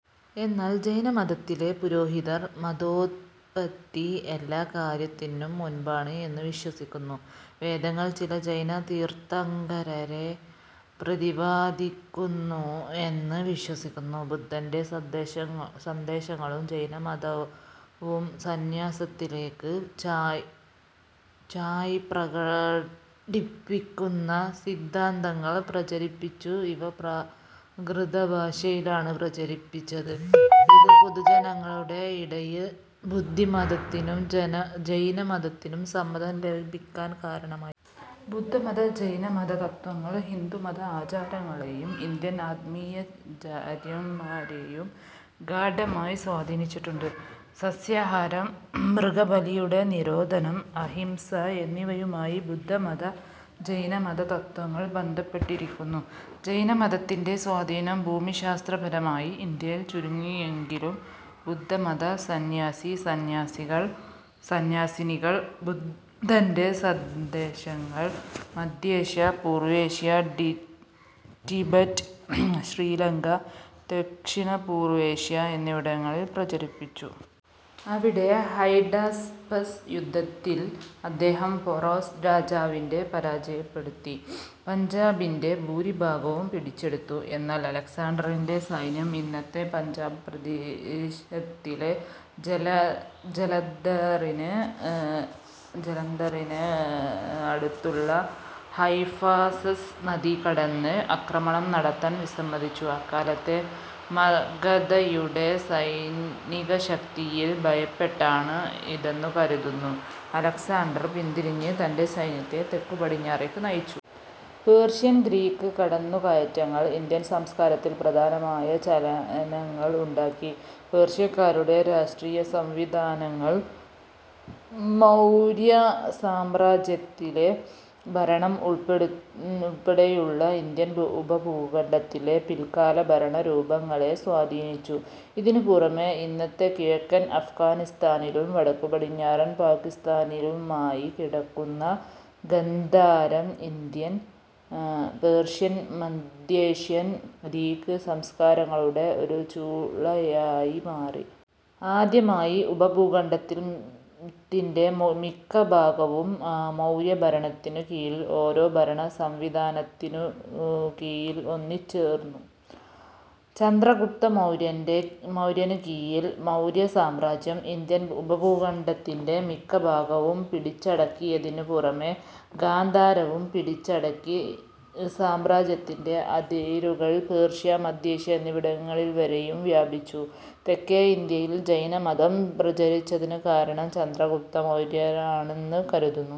എന്നാൽ ജൈനമതത്തിലെ പുരോഹിതർ മതോത്പത്തി എല്ലാ കാലത്തിനും മുൻപാണ് എന്നു വിശ്വസിക്കുന്നു. വേദങ്ങൾ ചില ജൈന തീർത്ഥങ്കരരെ പ്രതിപാദിക്കുന്നു എന്ന് വിശ്വസിക്കുന്നു.. ബുദ്ധന്റെ സന്ദേശങ്ങളും ജൈനമതവും സന്യാസത്തിലേയ്ക്കു ചായ്ചായ് പ്രകടിപ്പിക്കുന്ന സിദ്ധാന്തങ്ങൾ പ്രചരിപ്പിച്ചു. ഇവ പ്രാകൃത ഭാഷയിലാണ് പ്രചരിപ്പിച്ചത്, ഇത് പൊതുജനങ്ങളുടെ ഇടയിൽ ബുദ്ധി മതത്തിനും ജൈനമതത്തിനും സമ്മതം ലഭിക്കാൻ കാരണമായി. ബുദ്ധമത ജൈനമത തത്ത്വങ്ങൾ ഹിന്ദുമത ആചാരങ്ങളെയും ഇന്ത്യൻ ആത്മീയാചാര്യന്മാരെയും ഗാഢമായി സ്വാധീനിച്ചിട്ടുണ്ട്. സസ്യാഹാരം, മൃഗബലിയുടെ നിരോധനം, അഹിംസ എന്നിവയുമായി ബുദ്ധമത-ജൈനമത തത്ത്വങ്ങൾ ബന്ധപ്പെട്ടിരിക്കുന്നു. ജൈനമതത്തിന്റെ സ്വാധീനം ഭൂമിശാസ്ത്രപരമായി ഇന്ത്യയിൽ ചുരുങ്ങി എങ്കിലും ബുദ്ധമത സന്യാസീ-സന്യാസിനികൾ ബുദ്ധന്റെ സന്ദേശങ്ങൾ മദ്ധ്യേഷ്യ, പൂർവേഷ്യ, റ്റിബറ്റ്, ശ്രീ ലങ്ക, ദക്ഷിണപൂർവേഷ്യ എന്നിവിടങ്ങളിൽ പ്രചരിപ്പിച്ചു. അവിടെ, ഹൈഡാസ്പസ് യുദ്ധത്തിൽ അദ്ദേഹം പോറസ് രാജാവിനെ പരാജയപ്പെടുത്തി, പഞ്ചാബിന്റെ ഭൂരിഭാഗവും പിടിച്ചെടുത്തു; എന്നാൽ അലക്സാണ്ടറിന്റെ സൈന്യം ഇന്നത്തെ പഞ്ചാബ് പ്രദേശത്തിലെ ജലന്ധറിന് അടുത്തുള്ള ഹൈഫാസസ് നദി കടന്ന് ആക്രമണം നടത്താൻ വിസമ്മതിച്ചു. അക്കാലത്തെ മഗധയുടെ സൈനികശക്തിയിൽ ഭയപ്പെട്ടാണ് ഇതെന്നു കരുതുന്നു. അലക്സാണ്ടർ പിന്തിരിഞ്ഞ് തന്റെ സൈന്യത്തെ തെക്കുപടിഞ്ഞാറേയ്ക്ക് നയിച്ചു. പേർഷ്യൻ, ഗ്രീക്ക് കടന്നുകയറ്റങ്ങൾ ഇന്ത്യൻ സംസ്കാരത്തിൽ പ്രധാനമായ ചലനങ്ങൾ ഉണ്ടാക്കി. പേർഷ്യക്കാരുടെ രാഷ്ട്രീയ സംവിധാനങ്ങൾ മൌര്യ സാമ്രാജ്യത്തിലെ ഭരണം ഉൾപ്പെടെയുള്ള ഇന്ത്യൻ ഉപഭൂഖണ്ഡത്തിലെ പിൽക്കാല ഭരണ രൂപങ്ങളെ സ്വാധീനിച്ചു. ഇതിനു പുറമേ, ഇന്നത്തെ കിഴക്കൻ അഫ്ഗാനിസ്ഥാനിലും വടക്കുപടിഞ്ഞാറൻ പാകിസ്താനിലുമായി കിടക്കുന്ന ഗാന്ധാരം ഇന്ത്യൻ, പേർഷ്യൻ, മദ്ധ്യേഷ്യൻ, ഗ്രീക്ക് സംസ്കാരങ്ങളുടെ ഒരു ചൂളയായി മാറി. ആദ്യമായി ഉപഭൂഖണ്ഡത്തിന്റെ മിക്ക ഭാഗവും മൌര്യ ഭരണത്തിനു കീഴിൽ ഒരോ ഭരണസംവിധാനത്തിനു കീഴിൽ ഒന്നിച്ചേർന്നു. ചന്ദ്രഗുപ്തമൗര്യന്റെ മൌര്യനു കീഴിൽ മൌര്യ സാമ്രാജ്യം ഇന്ത്യൻ ഉപഭൂഖണ്ഡത്തിന്റെ മിക്ക ഭാഗവും പിടിച്ചടക്കിയതിനു പുറമേ, ഗാന്ധാരവും പിടിച്ചടക്കി സാമ്രാജ്യത്തിന്റെ അതിരുകൾ പേർഷ്യ, മദ്ധ്യേഷ്യ എന്നിവിടങ്ങൾ വരെയും വ്യാപിപ്പിച്ചു. തെക്കേ ഇന്ത്യയിൽ ജൈനമതം പ്രചരിച്ചതിനു കാരണം ചന്ദ്രഗുപ്തമൌര്യനാണെന്ന് കരുതുന്നു.